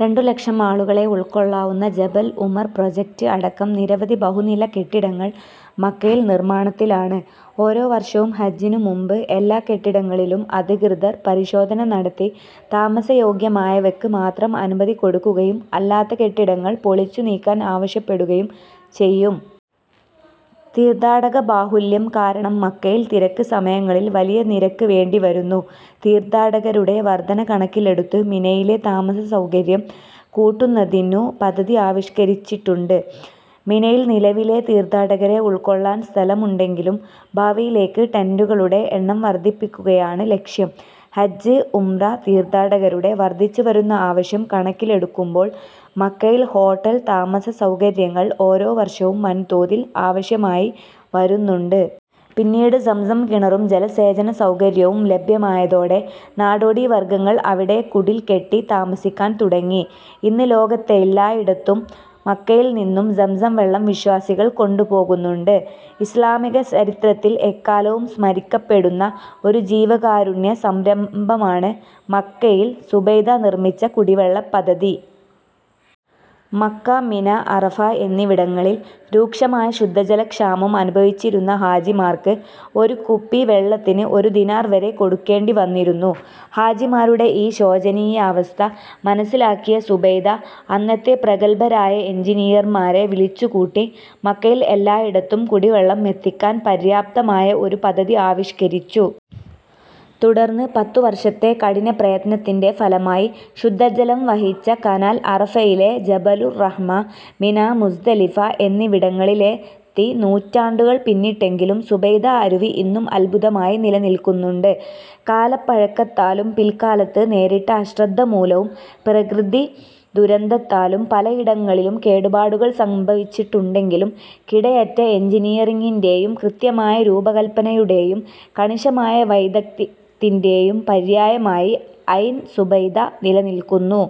രണ്ടു ലക്ഷം ആളുകളെ ഉൾക്കൊള്ളാവുന്ന ജബൽ ഉമർ പ്രൊജക്റ്റ് അടക്കം നിരവധി ബഹുനില കെട്ടിടങ്ങൾ മക്കയിൽ നിർമ്മാണത്തിലാണ്.. ഓരോ വർഷവും ഹജ്ജിനു മുമ്പ് എല്ലാ കെട്ടിടങ്ങളിലും അധികൃതർ പരിശോധന നടത്തി താമസ യോഗ്യമായവക്ക് മാത്രം അനുമതി കൊടുക്കുകയും അല്ലാത്ത കെട്ടിടങ്ങൾ പൊളിച്ചു നീക്കാൻ ആവശ്യപ്പെടുകയും ചെയ്യും. തീർത്ഥാടക ബാഹുല്യം കാരണം മക്കയിൽ തിരക്ക് സമയങ്ങളിൽ വലിയ നിരക്ക് വേണ്ടി വരുന്നു. തീർത്ഥാടകരുടെ വർധന കണക്കിലെടുത്ത് മിനയിലെ താമസ സൗകര്യം കൂട്ടുന്നത്തിനു പദ്ധതി ആവിഷ്കരിച്ചിട്ടുണ്ട്. മിനയിൽ നിലവിലെ തീർത്ഥാടകരെ ഉൾക്കൊള്ളാൻ സ്ഥലമുണ്ടെങ്കിലും ഭാവിയിലേക്ക് ടെന്റുകളുടെ എണ്ണം വർധിപ്പിക്കുകയാണ് ലക്ഷ്യം. ഹജ്ജ്, ഉംറ തീർത്ഥാടകരുടെ വർധിച്ചുവരുന്ന ആവശ്യം കണക്കിലെടുക്കുമ്പോൾ മക്കയിൽ ഹോട്ടൽ, താമസ സൗകര്യങ്ങൾ ഓരോ വർഷവും വൻതോതിൽ ആവശ്യമായി വരുന്നുണ്ട്. പിന്നീട് സംസം കിണറും ജലസേചന സൗകര്യവും ലഭ്യമായതോടെ നാടോടി വർഗങ്ങൾ അവിടെ കുടിൽകെട്ടി താമസിക്കാൻ തുടങ്ങി. ഇന്ന് ലോകത്തെല്ലായിടത്തും മക്കയിൽ നിന്നും സംസം വെള്ളം വിശ്വാസികൾ കൊണ്ട് പോകുന്നുണ്ട്. ഇസ്ലാമിക ചരിത്രത്തിൽ എക്കാലവും സ്മരിക്കപ്പെടുന്ന ഒരു ജീവകാരുണ്യ സംരംഭമാണ് മക്കയിൽ സുബൈദ നിർമിച്ച കുടിവെള്ള പദ്ധതി. മക്ക, മിന, അറഫ എന്നിവിടങ്ങളിൽ രൂക്ഷമായ ശുദ്ധജല ക്ഷാമം അനുഭവിച്ചിരുന്ന ഹാജിമാർക്ക് ഒരു കുപ്പി വെള്ളത്തിന് ഒരു ദിനാർ വരെ കൊടുക്കേണ്ടിവന്നിരുന്നു. ഹാജിമാരുടെ ഈ ശോചനീയാവസ്ഥ മനസ്സിലാക്കിയ സുബൈദ അന്നത്തെ പ്രഗല്ഭരായ എഞ്ചിനീയർമാരെ വിളിച്ചുകൂട്ടി മക്കയിൽ എല്ലായിടത്തും കുടിവെള്ളം എത്തിക്കാൻ പര്യാപ്തമായ ഒരു പദ്ധതി ആവിഷ്കരിച്ചു. തുടർന്ന് പത്തു വർഷത്തെ കഠിന പ്രയത്നത്തിന്റെ ഫലമായി ശുദ്ധജലം വഹിച്ച കനാൽ അറഫയിലെ ജബലുർറഹ്മ, മിന, മുസ്ദലിഫ എന്നിവിടങ്ങളിലെത്തിനൂറ്റാണ്ടുകൾ പിന്നിട്ടെങ്കിലും സുബൈദ അരുവി ഇന്നും അൽഭുതമായി നില നിൽക്കുന്നുണ്ട്. കാലപ്പഴക്കത്താലും പിൽകാലത്ത് നേരിട്ട അശ്രദ്ധമൂലവും, പ്രകൃതി ദുരന്തത്താലും, പലഇടങ്ങളിലും കേടുപാടുകൾ സംഭവിച്ചിട്ടുണ്ടെങ്കിലും കിടയറ്റ എഞ്ചീനീയറിങ്ങിൻറെയും കൃത്യമായ രൂപകൽപനയുടെയും കണിശമായ വൈദഗ്ദ്യത്തിൻറെയും പര്യായമായി ഐൻ സുബൈദ നില നിൽക്കുന്നു.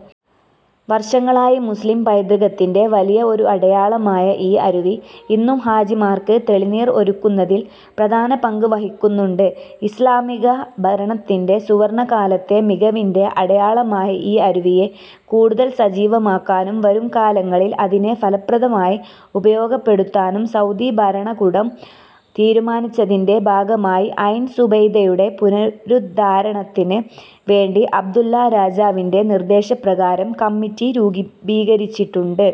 വർഷങ്ങളായി, മുസ്ലിം പൈതൃകത്തിൻറെ വലിയ ഒരു അടയാളമായ ഈ അരുവി ഇന്നും ഹാജിമാർക്ക് തെളിനീർ ഒരുക്കുന്നതിൽ പ്രധാന പങ്ക് വഹിക്കുന്നുണ്ട്. ഇസ്ലാമിക ഭരണത്തിൻറെ സുവർണ്ണകാലത്തെ മികവിൻറെ അടയാളമായ ഈ അരുവിയെ കൂടുതൽ സജീവമക്കാനും വരും കാലങ്ങളിൽ അതിനെ ഫലപ്രദമായി ഉപയോഗപ്പെടുത്താനും സൗദി ഭരണകൂടം തീരുമാനിച്ചതിന്റെ ഭാഗമായി ഐൻ സുബൈദയുടെ പുനരുദ്ധാരണത്തിന് വേണ്ടി അബ്ദുല്ല രാജാവിന്റെ നിർദ്ദേശ പ്രകാരം കമ്മിറ്റി രൂപീകരിച്ചിട്ടുണ്ട്.